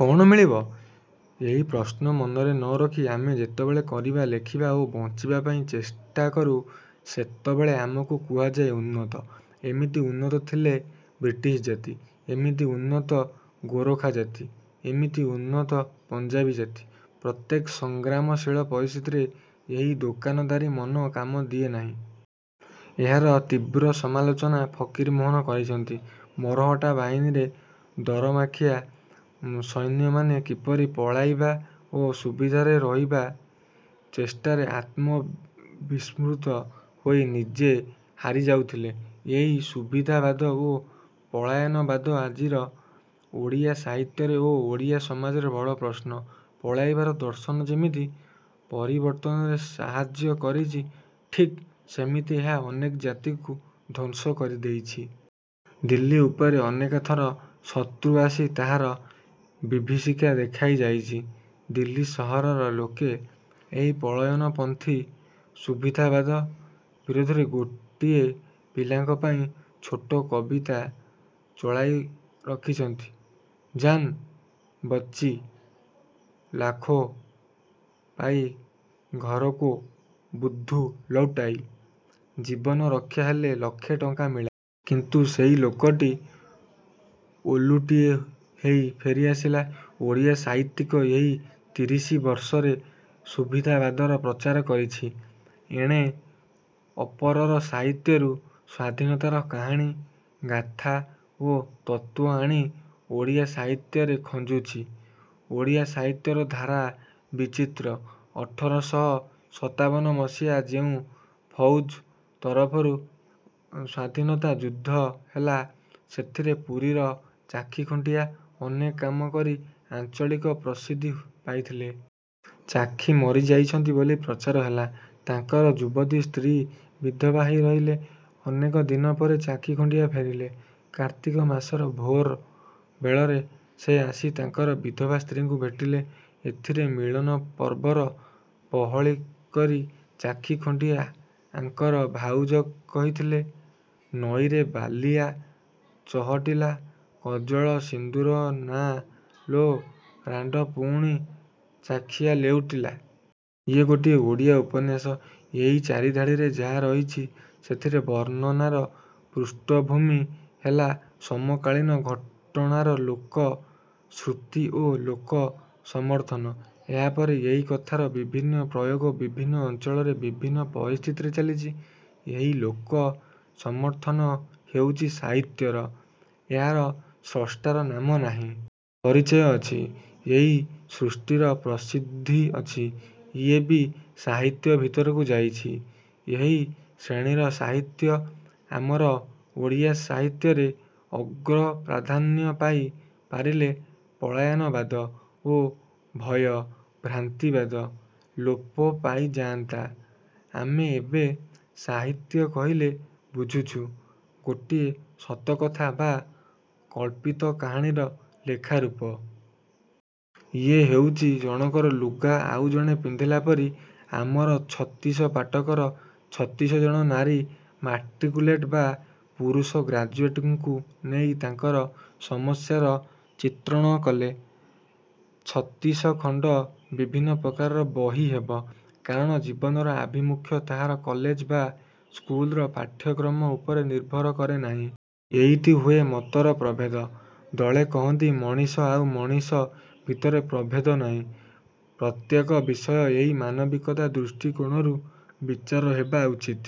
କ'ଣ ମିଳିବ? -ଏହି ପ୍ରଶ୍ନ ମନରେ ନ ରଖି ଆମେ ଯେତେବେଳେ କରିବା, ଲେଖିବା ଓ ବଞ୍ଚିବା ପାଇଁଚେଷ୍ଟା କରୁ ସେତେବେଳେ ଆମକୁ କୁହାଯାଏ ଉନ୍ନତ। ଏମିତି ଉନ୍ନତ ଥିଲେ ବ୍ରିଟିଶ ଜାତି। ଏମିତି ଉନ୍ନତ ଗୋରଖା ଜାତି। ଏମିତି ଉନ୍ନତ ପଞ୍ଜାବୀ ଜାତି। ପ୍ରତ୍ୟେକ ସଂଗ୍ରାମଶୀଳ ପରିସ୍ଥିତିରେ ଏହି ଦୋକାନଦାରୀ ମନ କାମ ଦିଏ ନାହିଁ। ଏହାର ତୀବ୍ର ସମାଲୋଚନା ଫକୀରମୋହନ କରିଛନ୍ତି। ମରହଟ୍ଟା ବାହିନୀରେ ଦରମାଖିଆ ସୈନ୍ୟମାନେ କିପରି ପଳାଇବା ଓ ସୁବିଧାରେ ରହିବା ଚେଷ୍ଟାରେ ଆତ୍ମବିସ୍ମୃତ ହୋଇ ନିଜେ ହାରି ଯାଉଥିଲେ। ଏହି ସୁବିଧାବାଦ ଓ ପଳାୟନବାଦ ଆଜିର ଓଡ଼ିଆ ସାହିତ୍ୟରେ ଓ ଓଡ଼ିଆ ସମାଜରେ ବଡ଼ ପ୍ରଶ୍ନ। ପଳାଇବାର ଦର୍ଶନ ଯେମିତି ପରିବର୍ତ୍ତନରେ ସାହାଯ୍ୟ କରିଛି ଠିକ୍ ସେମିତି ଏହା ଅନେକ ଜାତିକୁ ଧ୍ୱଂସ କରି ଦେଇଛି। ଦିଲ୍ଲୀ ଉପରେ ଅନେକଥର ଶତ୍ରୁ ଆସି ତାହାର ବିଭୀଷିକା ଦେଖାଇ ଯାଇଛି। ଦିଲ୍ଲୀ ସହରର ଲୋକେ ଏହି ପଳାୟନପନ୍ଥୀ ସୁବିଧାବାଦ ବିରୁଦ୍ଧରେ ଗୋଟିଏ ପିଲାଙ୍କ ପାଇଁ ଛୋଟ କବିତା ଚଳାଇ ରଖିଛନ୍ତି- ଜାନ୍ ବଚ୍ଚି ଲାଖୋ ପାଇ ଘରକୋ ବୁଦ୍ଧୁ ଲୌଟ୍ ଆଇ। ଜୀବନ ରକ୍ଷା ହେଲେ ଲକ୍ଷେ ଟଙ୍କା ମିଳିଲା। କିନ୍ତୁ ସେହି ଲୋକଟି ଓଲୁଟିଏ ହେଇ ଫେରି ଆସିଲା। ଓଡ଼ିଆ ସାହିତ୍ୟିକ ଏହି ତିରିଶିବର୍ଷରେ ସୁବିଧାବାଦର ପ୍ରଚାର କରିଛି। ଏଣେ ଅପରର ସାହିତ୍ୟରୁ ସ୍ୱାଧୀନତାର କାହାଣୀ, ଗାଥା ଓ ତତ୍ତ୍ୱ ଆଣି ଓଡ଼ିଆ ସାହିତ୍ୟରେ ଖଞ୍ଜୁଛି। ଓଡ଼ିଆ ସାହିତ୍ୟର ଧାରା ବିଚିତ୍ର। ଅଠରଶହ ସତାବନ ମସିହାରେ ଯେଉଁ ଫୌଜ ତରଫରୁ ସ୍ୱାଧୀନତା ଯୁଦ୍ଧ ହେଲା ସେଥିରେ ପୁରୀର ଚାଖି ଖୁଣ୍ଟିଆ ଅନେକ କାମ କରି ଆଞ୍ଚଳିକ ପ୍ରସିଦ୍ଧି ପାଇଥିଲେ। ଚାଖି ମରିଯାଇଛନ୍ତି ବୋଲି ପ୍ରଚାର ହେଲା। ତାଙ୍କର ଯୁବତୀ ସ୍ତ୍ରୀ ବିଧବା ହେଇ ରହିଲେ। ଅନେକ ଦିନ ପରେ ଚାଖିଖୁଣ୍ଟିଆ ଫେରିଲେ। କାର୍ତ୍ତିକ ମାସର ଭୋର ବେଳରେ ସେ ଆସି ତାଙ୍କର ବିଧବା ସ୍ତ୍ରୀଙ୍କୁ ଭେଟିଲେ। ଏଥିରେ ମିଳନ ପର୍ବର ପହଳି କରି ଚାଖିଖୁଣ୍ଟି ଆଙ୍କର ଭାଉଜ କହିଥିଲେ- ନଈରେ ବାଳିଆ ଚହଟିଲା କଜଳ ସିନ୍ଦୂର ନାଆ ଲୋ ରାଣ୍ତ ପୁଣି ଚାଖିଆ ଲେଉଟିଲା। ଇଏ ଗୋଟିଏ ଓଡ଼ିଆ ଉପନ୍ୟାସ। ଏହି ଚାରିଧାଡ଼ିରେ ଯାହା ରହିଛି ସେଥିରେ ବର୍ଣ୍ଣନାର ପୃଷ୍ଠଭୂମି ହେଲା ସମକାଳୀନ ଘଟଣାର ଲୋକ-ଶୃତି ଓ ଲୋକ-ସମର୍ଥନ। ଏହାପରେ ଏହି କଥାର ବିଭିନ୍ନ ପ୍ରୟୋଗ ବିଭିନ୍ନ ଅଞ୍ଚଳରେ ବିଭିନ୍ନ ପରିସ୍ଥିତିରେ ଚାଲିଛି। ଏହି ଲୋକ-ସମର୍ଥନ ହେଉଛି ସାହିତ୍ୟର। ଏହାର ସ୍ରଷ୍ଟାର ନାମ ନାହିଁ। ପରିଚୟ ଅଛି। ଏହି ସୃଷ୍ଟିର ପ୍ରସିଦ୍ଧି ଅଛି। ଇଏ ବି ସାହିତ୍ୟ ଭିତରକୁ ଯାଇଛି। ଏହି ଶ୍ରେଣୀର ସାହିତ୍ୟ ଆମର ଓଡ଼ିଆ ସାହିତ୍ୟରେ ଅଗ୍ରପ୍ରାଧାନ୍ୟ ପାଇ ପାରିଲେ ପଳାୟନବାଦ ଓ ଭୟ-ଭ୍ରାନ୍ତିବାଦ ଲୋପ ପାଇଯାନ୍ତା। ଆମେ ଏବେ ସାହିତ୍ୟ କହିଲେ ବୁଝୁଛୁ ଗୋଟିଏ ସତକଥା ବା କଳ୍ପିତ କାହାଣୀର ଲେଖାରୂପ। ଇଏ ହେଉଛି ଜଣକର ଲୁଗା ଆଉ ଜଣେ ପିନ୍ଧିଲା ପରି। ଆମର ଛତିଶ ପାଟକର ଛତିଶଜଣ ନାରୀ ମାଟ୍ରିକୁଲେଟ୍ ବା ପୁରୁଷ ଗ୍ରାଜୁଏଟଙ୍କୁ ନେଇ ତାଙ୍କର ସମସ୍ୟାର ଚିତ୍ରଣ କଲେ ଛତିଶଖଣ୍ତ ବିଭିନ୍ନ ପ୍ରକାରର ବହି ହେବ। କାରଣ ଜୀବନର ଆଭିମୁଖ୍ୟ ତାହାର କଲେଜ ବା ସ୍କୁଲର ପାଠ୍ୟକ୍ରମ ଉପରେ ନିର୍ଭର କରେ ନାହିଁ। ଏଇଠି ହୁଏ ମତର ପ୍ରଭେଦ।। ଦଳେ କହନ୍ତି ମଣିଷ ଆଉ ମଣିଷ ଭିତରେ ପ୍ରଭେଦ ନାହିଁ। ପ୍ରତ୍ୟେକ ବିଷୟ ଏହି ମାନବିକତା ଦୃଷ୍ଟି କୋଣରୁ ବିଚାର ହେବା ଉଚିତ୍।